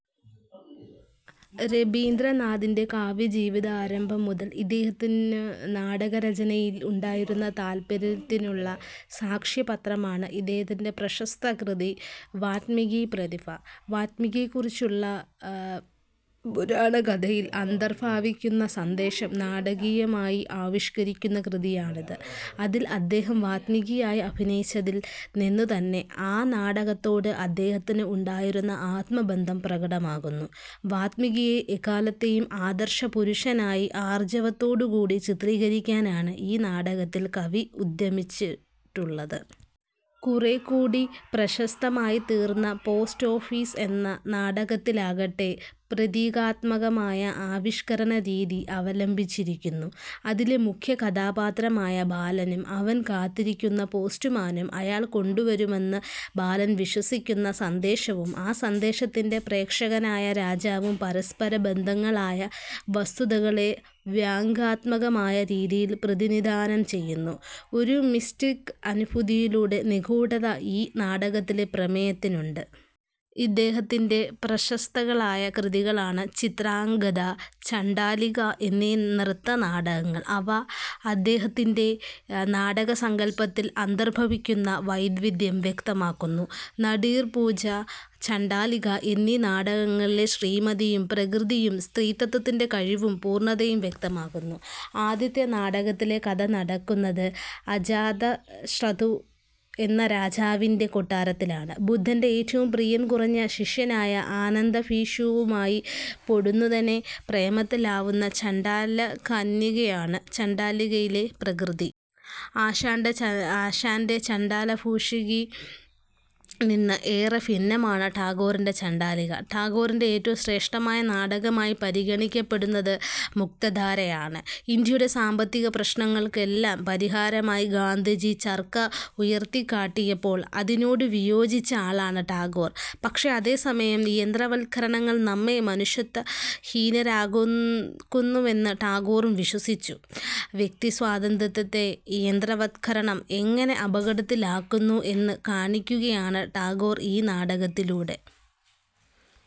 രബീന്ദ്രനാഥിൻ്റെ കാവ്യജീവിതാരംഭം മുതൽ ഇദ്ദേഹത്തിന് നാടകരചനയിൽ ഉണ്ടായിരുന്ന താല്പര്യത്തിനുള്ള സാക്ഷ്യപത്രമാണ് ഇദ്ദേഹത്തിൻ്റെ പ്രശസ്തകൃതി വാല്മീകി പ്രതിഭ. വാല്മീകിയെക്കുറിച്ചുള്ള പുരാണകഥയിൽ അന്തർഭവിച്ചിരിക്കുന്ന സന്ദേശം നാടകീയമായി ആവിഷ്കരിക്കുന്ന കൃതിയാണത്. അതിൽ അദ്ദേഹം വാല്മീകിയായി അഭിനയിച്ചതിൽ നിന്നുതന്നെ ആ നാടകത്തോട് അദ്ദേഹത്തിന് ഉണ്ടായിരുന്ന ആത്മബന്ധം പ്രകടമാകുന്നു. വാല്മീകിയെ എക്കാലത്തെയും ആദർശപുരുഷനായി ആർജവത്തോടുകൂടി ചിത്രീകരിക്കാനാണ് ഈ നാടകത്തിൽ കവി ഉദ്യമിച്ചിട്ടുള്ളത്. കുറേക്കൂടി പ്രശസ്തമായിത്തീർന്ന പോസ്റ്റ് ഓഫീസ് എന്ന നാടകത്തിലാകട്ടെ, പ്രതീകാത്മകമായ ആവിഷ്കരണരീതി അവലംബിച്ചിരിക്കുന്നു. അതിലെ മുഖ്യകഥാപാത്രമായ ബാലനും അവൻ കാത്തിരിക്കുന്ന പോസ്റ്റുമാനും അയാൾ കൊണ്ടുവരുമെന്ന് ബാലൻ വിശ്വസിക്കുന്ന സന്ദേശവും ആ സന്ദേശത്തിൻ്റെ പ്രേഷകനായ രാജാവും പരസ്പരബദ്ധങ്ങളായ വസ്തുതകളെ വ്യംഗ്യാത്മകമായ രീതിയിൽ പ്രതിനിധാനം ചെയ്യുന്നു. ഒരു മിസ്റ്റിക് അനുഭൂതിയുടെ നിഗൂഢത ഈ നാടകത്തിലെ പ്രമേയത്തിനുണ്ട്. ഇദ്ദേഹത്തിൻ്റെ പ്രശസ്തങ്ങളായ കൃതികളാണ് ചിത്രാംഗദ, ചണ്ഡാലിക എന്നീ നൃത്തനാടകങ്ങൾ. അവ ഇദ്ദേഹത്തിൻ്റെ നാടകസങ്കല്പത്തിൽ അന്തർഭവിച്ചിരുന്ന വൈവിധ്യം വ്യക്തമാക്കുന്നു. നടീർപൂജ, ചണ്ഡാലിക എന്നീ നാടകങ്ങളിലെ ശ്രീമതിയും പ്രകൃതിയും സ്ത്രീത്വത്തിൻ്റെ കഴിവും പൂർണതയും വ്യക്തമാക്കുന്നു. ആദ്യത്തെ നാടകത്തിലെ കഥ നടക്കുന്നത് അജാതശത്രു എന്ന രാജാവിൻ്റെ കൊട്ടാരത്തിലാണ്. ബുദ്ധൻ്റെ ഏറ്റവും പ്രിയം കുറഞ്ഞ ശിഷ്യനായ ആനന്ദഭിക്ഷുവുമായി പൊടുന്നനെ പ്രേമത്തിലാവുന്ന ചണ്ഡാലകന്യകയാണ് ചണ്ഡാലികയിലെ പ്രകൃതി. ആശാൻ്റെ ചണ്ഡാലഭിക്ഷുകിയിൽ നിന്ന് ഏറെ ഭിന്നമാണ് ടാഗോറിൻ്റെ ചണ്ഡാലിക. ടാഗോറിൻ്റെ ഏറ്റവും ശ്രേഷ്ഠമായ നാടകമായി പരിഗണിക്കപ്പെടുന്നത് മുക്തധാരയാണ്. ഇന്ത്യയുടെ സാമ്പത്തിക പ്രശ്നങ്ങൾക്കെല്ലാം പരിഹാരമായി ഗാന്ധിജി ചർക്ക ഉയർത്തിക്കാട്ടിയപ്പോൾ അതിനോട് വിയോജിച്ച ആളാണ് ടാഗോർ. പക്ഷേ, അതേസമയം, യന്ത്രവത്കരണങ്ങൾ നമ്മെ മനുഷ്യത്വഹീനരാക്കുമെന്ന് ടാഗോറും വിശ്വസിച്ചു. വ്യക്തിസ്വാതന്ത്ര്യത്തെ യന്ത്രവത്കരണം എങ്ങനെ അപകടത്തിലാക്കുന്നു എന്ന് കാണിക്കുകയാണ് ടാഗോർ ഈ നാടകത്തിലൂടെ.